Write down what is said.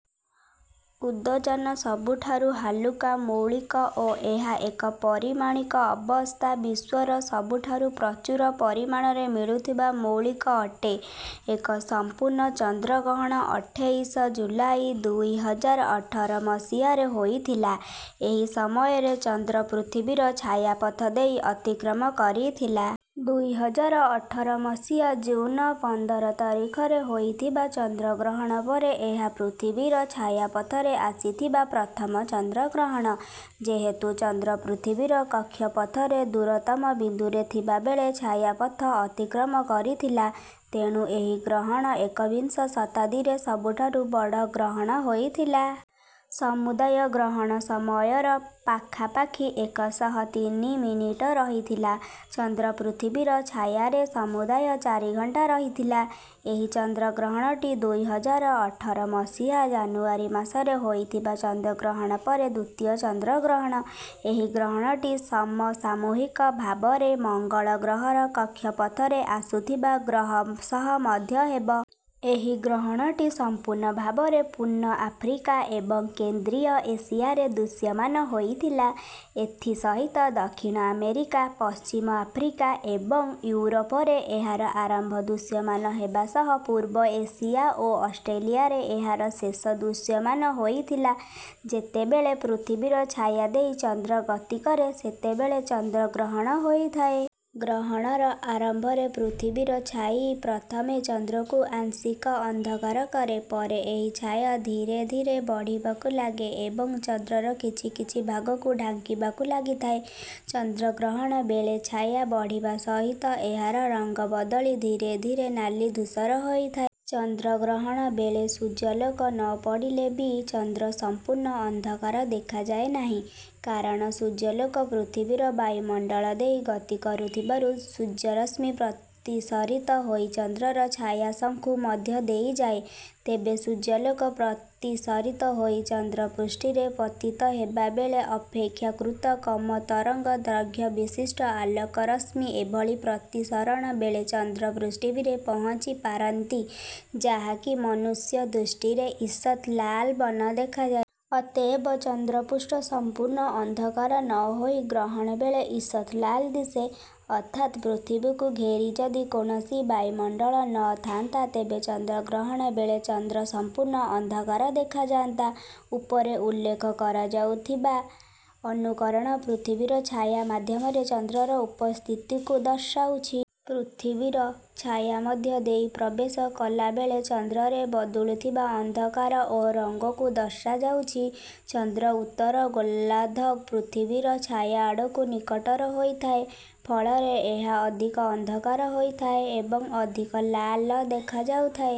ଉଦଜାନ ସବୁଠାରୁ ହାଲୁକା ମୌଳିକ ଓ ଏହା ଏକ ପରମାଣିକ ଅବସ୍ଥା ବିଶ୍ୱର ସବୁଠାରୁ ପ୍ରଚୁର ପରିମାଣରେ ମିଳୁଥିବା ମୌଳିକ ଅଟେ। ଏକ ସମ୍ପୂର୍ଣ୍ଣ ଚନ୍ଦ୍ରଗ୍ରହଣ ଅଠେଇଶ ଜୁଲାଇ ଦୁଇ ହଜାର ଅଠର ମସିହାରେ ହୋଇଥିଲା। ଏହି ସମୟରେ ଚନ୍ଦ୍ର ପୃଥିବୀର ଛାୟାପଥ ଦେଇ ଅତିକ୍ରମ କରିଥିଲା। ଦୁଇ ହଜାର ଅଠର ମସିହା ଜୁନ ପନ୍ଦର ତାରିଖରେ ହୋଇଥିବା ଚନ୍ଦ୍ରଗ୍ରହଣ ପରେ ଏହା ପୃଥିବୀର ଛାୟାପଥରେ ଆସିଥିବା ପ୍ରଥମ ଚନ୍ଦ୍ରଗ୍ରହଣ। ଯେହେତୁ ଚନ୍ଦ୍ର ପୃଥିବୀର କକ୍ଷପଥରେ ଦୂରତମ ବିନ୍ଦୁରେ ଥିବାବେଳେ ଛାୟାପଥ ଅତିକ୍ରମ କରିଥିଲା, ତେଣୁ ଏହି ଗ୍ରହଣ ଏକବିଂଶ ଶତାବ୍ଦୀର ସବୁଠାରୁ ବଡ଼ ଗ୍ରହଣ ହୋଇଥିଲା। ସମୁଦାୟ ଗ୍ରହଣ ସମୟର ପାଖାପାଖି ଏକ ଶହ ତିନି ମିନିଟ ରହିଥିଲା। ଚନ୍ଦ୍ର ପୃଥିବୀର ଛାୟାରେ ସମୁଦାୟ ଚାରି ଘଣ୍ଟା ରହିଥିଲା। ଏହି ଚନ୍ଦ୍ରଗ୍ରହଣଟି ଦୁଇ ହଜାର ଅଠର ମସିହା ଜାନୁଆରୀ ମାସରେ ହୋଇଥିବା ଚନ୍ଦ୍ରଗ୍ରହଣ ପରେ ଦ୍ୱିତୀୟ ଚନ୍ଦ୍ରଗ୍ରହଣ। ଏହି ଗ୍ରହଣଟି ସମସାମୂହିକ ଭାବରେ ମଙ୍ଗଳ ଗ୍ରହର କକ୍ଷପଥରେ ଆସୁଥିବା ଗ୍ରହ ସହ ମଧ୍ୟ ହେବ। ଏହି ଗ୍ରହଣଟି ସମ୍ପୂର୍ଣ୍ଣ ଭାବରେ ପୂର୍ଣ୍ଣ ଆଫ୍ରିକା ଏବଂ କେନ୍ଦ୍ରୀୟ ଏସିଆରେ ଦୃଶ୍ୟମାନ ହୋଇଥିଲା। ଏଥିସହିତ ଦକ୍ଷିଣ ଆମେରିକା, ପଶ୍ଚିମ ଆଫ୍ରିକା ଏବଂ ୟୁରୋପରେ ଏହାର ଆରମ୍ଭ ଦୃଶ୍ୟମାନ ହେବା ସହ ପୂର୍ବ ଏସିଆ ଓ ଅଷ୍ଟ୍ରେଲିଆରେ ଏହାର ଶେଷ ଦୃଶ୍ୟମାନ ହୋଇଥିଲା। ଯେତେବେଳେ ପୃଥିବୀର ଛାୟା ଦେଇ ଚନ୍ଦ୍ର ଗତି କରେ, ସେତେବେଳେ ଚନ୍ଦ୍ରଗ୍ରହଣ ହୋଇଥାଏ। ଗ୍ରହଣର ଆରମ୍ଭରେ ପୃଥିବୀର ଛାଇ ପ୍ରଥମେ ଚନ୍ଦ୍ରକୁ ଆଂଶିକ ଅନ୍ଧକାର କରେ। ପରେ ଏହି ଛାୟା ଧୀରେ ଧୀରେ ବଢ଼ିବାକୁ ଲାଗେ ଏବଂ ଚନ୍ଦ୍ରର କିଛି କିଛି ଭାଗକୁ ଢାଙ୍କିବାକୁ ଲାଗିଥାଏ। ଚନ୍ଦ୍ରଗ୍ରହଣ ବେଳେ ଛାୟା ବଢ଼ିବା ସହିତ ଏହାର ରଙ୍ଗ ବଦଳି ଧୀରେ ଧୀରେ ନାଲି ଧୂସର ହୋଇଥାଏ। ଚନ୍ଦ୍ରଗ୍ରହଣ ବେଳେ ସୂର୍ଯ୍ୟାଲୋକ ନ ପଡ଼ିଲେ ବି ଚନ୍ଦ୍ର ସମ୍ପୂର୍ଣ୍ଣ ଅନ୍ଧକାର ଦେଖାଯାଏ ନାହିଁ। କାରଣ ସୂର୍ଯ୍ୟାଲୋକ ପୃଥିବୀର ବାୟୁମଣ୍ଡଳ ଦେଇ ଗତି କରୁଥିବାରୁ ସୂର୍ଯ୍ୟରଶ୍ମି ପ୍ରତିସରିତ ହୋଇ ଚନ୍ଦ୍ରର ଛାୟା ଶଙ୍କୁ ମଧ୍ୟ ଦେଇ ଯାଏ। ତେବେ ସୂର୍ଯ୍ୟାଲୋକ ପ୍ରତିସରିତ ହୋଇ ଚନ୍ଦ୍ର ପୃଷ୍ଠରେ ପତିତ ହେବାବେଳେ ଅପେକ୍ଷାକୃତ କମ ତରଙ୍ଗ ଦୈର୍ଘ୍ୟ ବିଶିଷ୍ଟ ଆଲୋକ ରଶ୍ମି ଏଭଳି ପ୍ରତିସରଣ ବେଳେ ଚନ୍ଦ୍ର ପୃଷ୍ଠିବିରେ ପହଞ୍ଚି ପାରନ୍ତି ଯାହାକି ମନୁଷ୍ୟ ଦୃଷ୍ଟିରେ ଇଷତ୍ ଲାଲ ବର୍ଣ୍ଣ ଦେଖାଯାଏ। ଅତଏବ ଚନ୍ଦ୍ର ପୃଷ୍ଠ ସମ୍ପୂର୍ଣ୍ଣ ଅନ୍ଧକାର ନ ହୋଇ ଗ୍ରହଣ ବେଳେ ଇଷତ୍ ଲାଲ ଦିଶେ। ଅର୍ଥାତ ପୃଥିବୀକୁ ଘେରି ଯଦି କୌଣସି ବାୟୁମଣ୍ଡଳ ନ ଥାଆନ୍ତା, ତେବେ ଚନ୍ଦ୍ରଗ୍ରହଣ ବେଳେ ଚନ୍ଦ୍ର ସମ୍ପୂର୍ଣ୍ଣ ଅନ୍ଧକାର ଦେଖାଯାଆନ୍ତା। ଉପରେ ଉଲ୍ଲେଖ କରାଯାଉଥିବା ଅନୁକରଣ ପୃଥିବୀର ଛାୟା ମାଧ୍ୟମରେ ଚନ୍ଦ୍ରର ଉପସ୍ଥିତିକୁ ଦର୍ଶାଉଛି। ପୃଥିବୀର ଛାୟା ମଧ୍ୟ ଦେଇ ପ୍ରବେଶ କଲାବେଳେ ଚନ୍ଦ୍ରରେ ବଦଳୁଥିବା ଅନ୍ଧାକାର ଓ ରଙ୍ଗକୁ ଦର୍ଶାଯାଉଛି। ଚନ୍ଦ୍ର ଉତ୍ତର ଗୋଲାର୍ଦ୍ଧ ପୃଥିବୀର ଛାୟା ଆଡ଼କୁ ନିକଟର ହୋଇଥାଏ, ଫଳରେ ଏହା ଅଧିକ ଅନ୍ଧକାର ହୋଇଥାଏ ଏବଂ ଅଧିକ ଲାଲ ଦେଖାଯାଉଥାଏ।